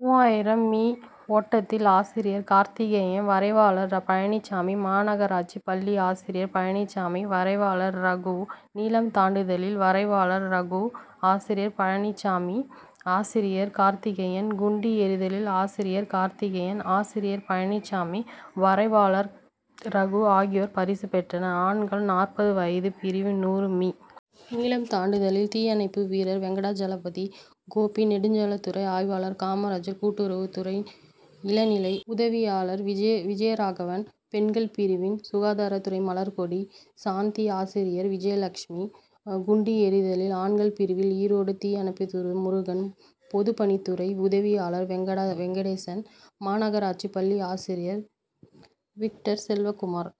மூவாயிரம் மீ. ஓட்டத்தில் ஆசிரியர் கார்த்திகேயன் வரைவாளர் பழனிச்சாமி மாநகராட்சி பள்ளி ஆசிரியர் பழனிச்சாமி வரைவாளர் ரகு. நீளம் தாண்டுதலில் வரைவாளர் ரகு ஆசிரியர் பழனிச்சாமி ஆசிரியர் கார்த்திகேயன். குண்டு எறிதலில் ஆசிரியர் கார்த்திகேயன் ஆசிரியர் பழனிச்சாமி வரைவாளர் ரகு ஆகியோர் பரிசு பெற்றனர். ஆண்கள் நாற்பது வயது பிரிவு நூறு மீ. நீளம் தாண்டுதலில் தீயணைப்பு வீரர் வெங்கடஜலாபதி கோபி நெடுஞ்சாலைத்துறை ஆய்வாளர் காமராஜ் கூட்டுறவு துறை இளநிலை உதவியாளர் விஜய விஜயராகவன். பெண்கள் பிரிவில் சுகாதாரத்துறை மலர்கொடி சாந்தி ஆசிரியை விஜயலட்சுமி. குண்டு எறிதல் ஆண்கள் பிரிவில் ஈரோடு தீயணைப்பு துறை முருகன் பொதுப்பணித்துறை உதவியாளர் வெங்கடேசன் மாநகராட்சி பள்ளி ஆசிரியர் விக்டர் செல்வகுமார்.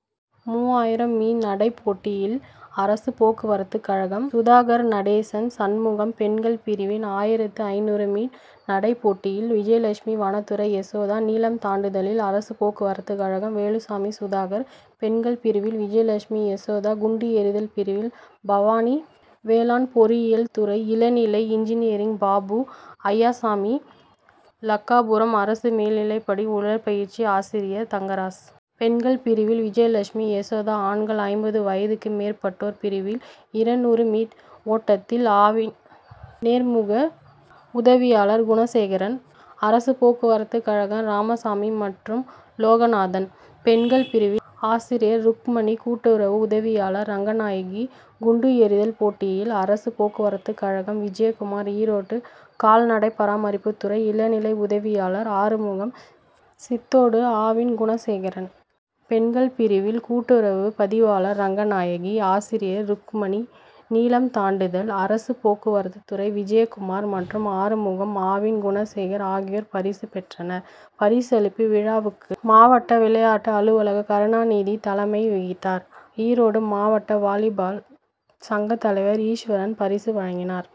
மூவாயிரம் மீ. நடை போட்டியில் அரசு போக்குவரத்து கழகம் சுதாகர் நடேசன் சண்முகம். பெண்கள் பிரிவின் ஆயிரத்து ஐந்நூறு மீ. நடைப்போட்டியில் விஜயலட்சுமி வனத்துறை யசோதா நீளம் தாண்டுதலில் அரசு போக்குவரத்துக்கழகம் வேலுச்சாமி சுதாகர். பெண்கள் பிரிவில் விஜயலட்சுமி யசோதா. குண்டு எறிதல் பிரிவில் பவானி வேளாண் பொறியியல் துறை இளநிலை இன்ஜினியரிங் பாபு அய்யாச்சாமி லக்காபுரம் அரசு மேல்நிலைப்பள்ளி உடற்கல்வி ஆசிரியர் தங்கராசு. பெண்கள் பிரிவில் விஜயலட்சுமி யசோதா. ஆண்கள் ஐம்பது வயதுக்கு மேற்பட்டோர் பிரிவின் இருநூறு மீ. ஓட்டத்தில் ஆவின் நேர்முக உதவியாளர் குணசேகரன் அரசு போக்குவரத்து கழக ராமசாமி மற்றும் லோகநாதன். பெண்கள் பிரிவில் ஆசிரியர் ருக்கமணி கூட்டுறவு பதிவாளர் ரங்கநாயகி. குண்டு எறிதல் போட்டியில் அரசு போக்குவரத்து கழகம் விஜயகுமார் ஈரோடு கால்நடை பராமரிப்பு துறை இளநிலை உதவியாளர் ஆறுமுகம் சித்தோடு ஆவின் குணசேகரன். பெண்கள் பிரிவில் கூட்டுறவு பதிவாளர் ரங்கநாயகி ஆசிரியர் ருக்குமணி. நீளம் தாண்டுதல் அரசு போக்குவரத்து துறை விஜயகுமார் மற்றும் ஆறுமுகம் ஆவின் குணசேகரன் ஆகியோர் பரிசு பெற்றனர். பரிசளிப்பு விழாவுக்கு மாவட்ட விளையாட்டு அலுவலர் கருணாநிதி தலைமை வகித்தார். ஈரோடு மாவட்ட வாலிபால் சங்க தலைவர் ஈஸ்வரன் பரிசு வழங்கினார்